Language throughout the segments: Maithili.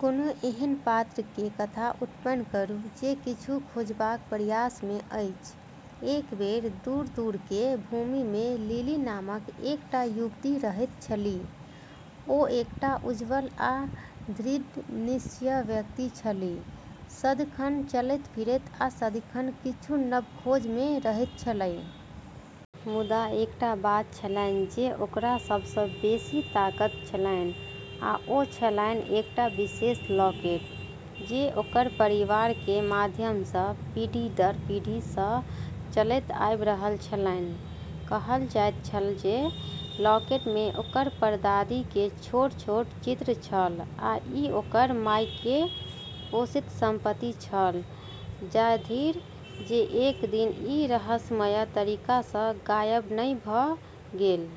कोनो एहन पात्र केर कथा उत्पन्न करू जे किछु खोजबाक प्रयास मे अछि। एक बेर दूर-दूर केर भूमि मे लिली नामक एकटा युवती रहैत छलीह। ओ एकटा उज्ज्वल आ दृढ़ निश्चयी व्यक्ति छलीह, सदिखन चलैत-फिरैत आ सदिखन किछु नव खोज मे रहैत छलीह। मुदा एकटा बात छलन्हि जे ओकरा सब सँ बेसी ताकब छलन्हि आ ओ छलन्हि एकटा विशेष लॉकेट जे ओकर परिवार केर माध्यम सँ पीढ़ी-दर-पीढ़ी सँ चलैत आबि रहल छलैक। कहल जाइत छल जे लॉकेट मे ओकर परदादी केर छोट-छोट चित्र छल आ ई ओकर माय केर पोषित संपत्ति छल, जाधरि जे एक दिन ई रहस्यमय तरीका सँ गायब नहि भऽ गेल।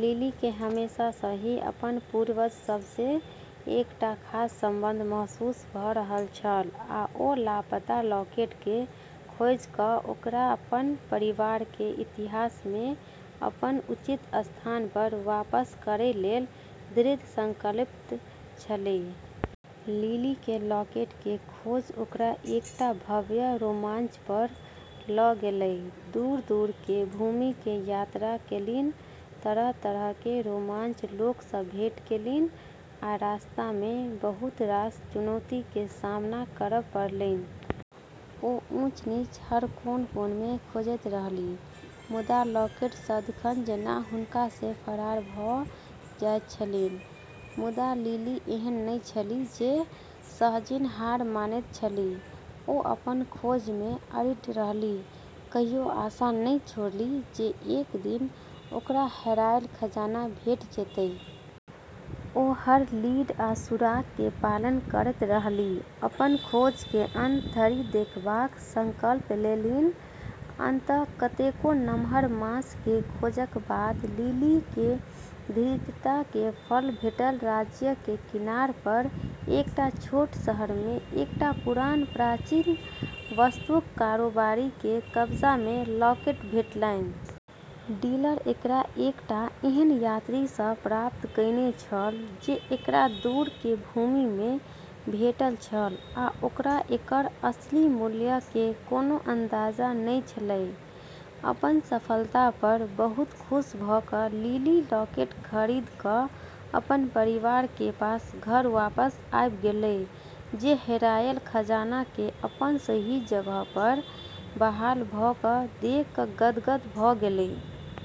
लिली केँ हमेशा सँ ही अपन पूर्वज सभ सँ एकटा खास संबंध महसूस भऽ रहल छल आ ओ लापता लॉकेट केँ खोजि कऽ ओकरा अपन परिवार केर इतिहास मे अपन उचित स्थान पर वापस करै लेल दृढ़ संकल्पित छलीह। लिली केर लॉकेट केर खोज ओकरा एकटा भव्य रोमांच पर लऽ गेलै। दूर-दूर केर भूमि केर यात्रा केलनि, तरह-तरह केर रोचक लोक सँ भेंट केलनि, आ रास्ता मे बहुत रास चुनौती केर सामना करब पड़लन्हि। ओ ऊँच-नीच, हर कोन-कोन मे खोजैत रहलीह, मुदा लॉकेट सदिखन जेना हुनका सँ फराक भऽ जाइत छलन्हि। मुदा लिली एहन नहि छलीह जे सहजहि हार मानैत छलीह। ओ अपन खोज मे अडिग रहलीह, कहियो आशा नहि छोड़लीह जे एक दिन ओकरा हेरायल खजाना भेटि जेतै। ओ हर लीड आ सुराग केर पालन करैत रहलीह, अपन खोज केँ अंत धरि देखबाक संकल्प लेलन्हि। अंततः कतेको नमहर मास केर खोजक बाद लिली केर दृढ़ता केर फल भेटल। राज्य केर किनार पर एकटा छोट शहर मे एकटा पुरान प्राचीन वस्तुक कारोबारी केर कब्जा मे लॉकेट भेटलन्हि। डीलर एकरा एकटा एहन यात्री सँ प्राप्त कएने छल जे एकरा दूर केर भूमि मे भेटल छल आ ओकरा एकर असली मूल्य केर कोनो अंदाजा नहि छलैक। अपन सफलता पर बहुत खुश भऽ कऽ लिली लॉकेट खरीदी कऽ अपन परिवार केर पास घर वापस आबि गेलै, जे हेरायल खजाना केँ अपन सही जगह पर बहाल भऽ कऽ देखि कऽ गदगद भऽ गेलै।